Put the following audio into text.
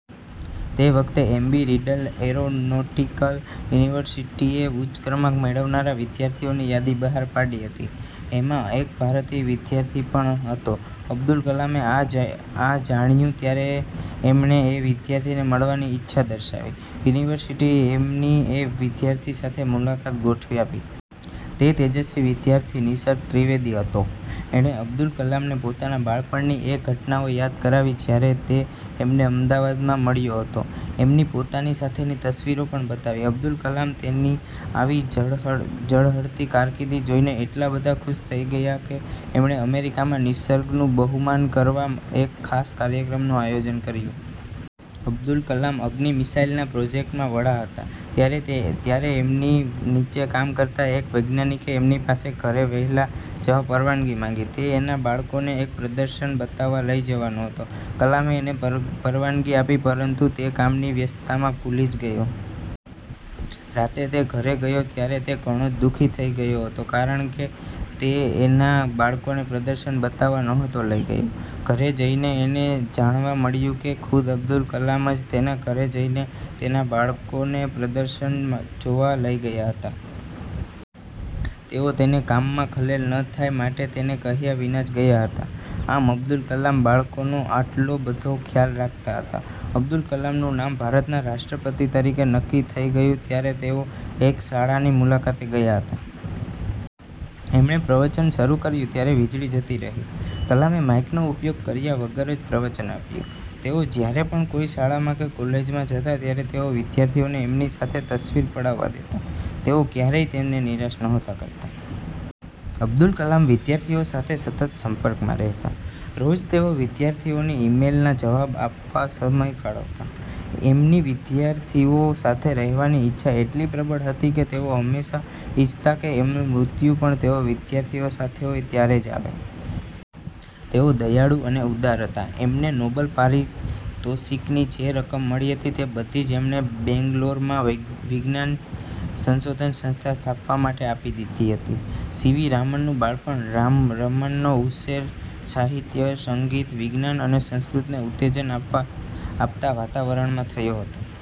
તે વખતે એમ્બી riddle aeronautical યુનિવર્સીટીએ ઉચ્ચ ક્રમાંક મેળવનારા વિદ્યાર્થીઓની યાદી બહાર પાડી હતી. એમાં એક ભારતીય વિદ્યાર્થી પણ હતો. અબ્દુલ કલામે આ જાણ્યું ત્યારે એમણે એ વિદ્યાર્થીને મળવાની ઈચ્છા દર્શાવી. યુનિવર્સીટીએ એમની એ વિદ્યાર્થી સાથે મુલાકાત ગોઠવી આપી. તે તેજસ્વી વિદ્યાર્થી નિસર્ગ ત્રિવેદી હતો! એણે અબ્દુલ કલામને પોતાના બાળપણની એ ઘટનાઓ યાદ કરાવી જયારે તે એમને અમદાવાદમાં મળ્યો હતો. એમની પોતાની સાથેની તસવીરો પણ બતાવી. અબ્દુલ કલામ તેની આવી ઝળહળતી કારકિર્દી જોઈને એટલા બધા ખુશ થઇ ગયા કે એમણે અમેરિકામાં નિસર્ગનું બહુમાન કરવા એક ખાસ કાર્યક્રમનું આયોજન કર્યું. અબ્દુલ કલામ અગ્નિ મિસાઈલના પ્રોજેક્ટમાં વડા હતા ત્યારે એમની નીચે કામ કરતા એક વૈજ્ઞાનિકે એમની પાસે ઘરે વહેલા જવા પરવાનગી માંગી. તે એના બાળકોને એક પ્રદર્શન બતાવવા લઇ જવાનો હતો. કલામે એને પરવાનગી આપી પરંતુ તે કામની વ્યસ્તતામાં ભૂલી જ ગયો. રાતે તે ઘરે ગયો ત્યારે તે ઘણો જ દુઃખી થઈ ગયો હતો કારણકે તે એના બાળકોને પ્રદર્શન બતાવવા નહોતો લઇ ગયો. ઘરે જઈને એને જાણવા મળ્યું કે ખુદ અબ્દુલ કલામ જ તેના ઘરે જઈને તેના બાળકોને પ્રદર્શન જોવા લઇ ગયા હતા! તેઓ તેને કામમાં ખલેલ ન થાય માટે તેને કહ્યા વિના જ ગયા હતા. આમ અબ્દુલ કલામ બાળકોનો આટલો બધો ખ્યાલ રાખતા હતા. અબ્દુલ કલામનું નામ ભારતના રાષ્ટ્રપતિ તરીકે નક્કી થઇ ગયું ત્યારે તેઓ એક શાળાની મુલાકાતે ગયા હતા. એમણે પ્રવચન શરુ કર્યું ત્યારે વીજળી જતી રહી. કલામે માઈકનો ઉપયોગ કર્યા વગર જ પ્રવચન આપ્યું. તેઓ જયારે પણ કોઈ શાળામાં કે કોલેજમાં જતા ત્યારે તેઓ વિદ્યાર્થીઓને એમની સાથે તસ્વીર પડાવવા દેતા. તેઓ ક્યારેય તેમને નિરાશ નહોતા કરતા. અબ્દુલ કલામ વિદ્યાર્થીઓ સાથે સતત સંપર્કમાં રહેતા. રોજ તેઓ વિદ્યાર્થીઓની ઇમેઇલના જવાબ આપવા સમય ફાળવતા. એમની વિદ્યાર્થીઓ સાથે રહેવાની ઈચ્છા એટલી પ્રબળ હતી કે તેઓ હંમેશા ઇચ્છતા કે એમનું મૃત્યુ પણ તેઓ વિદ્યાર્થીઓ સાથે હોય ત્યારે જ આવે. તેઓ દયાળુ અને ઉદાર હતા. એમને નોબેલ પારિતોષિકની જે રકમ મળી હતી તે બધી જ એમણે બેન્ગલોરમાં વિજ્ઞાન સંશોધન સંસ્થા સ્થાપવા માટે આપી દીધી હતી. સી વી રામનનું બાળપણ રામનનો ઉછેર સાહિત્ય, સંગીત, વિજ્ઞાન અને સંસ્કૃતને ઉત્તેજન આપતા વાતાવરણમાં થયો હતો.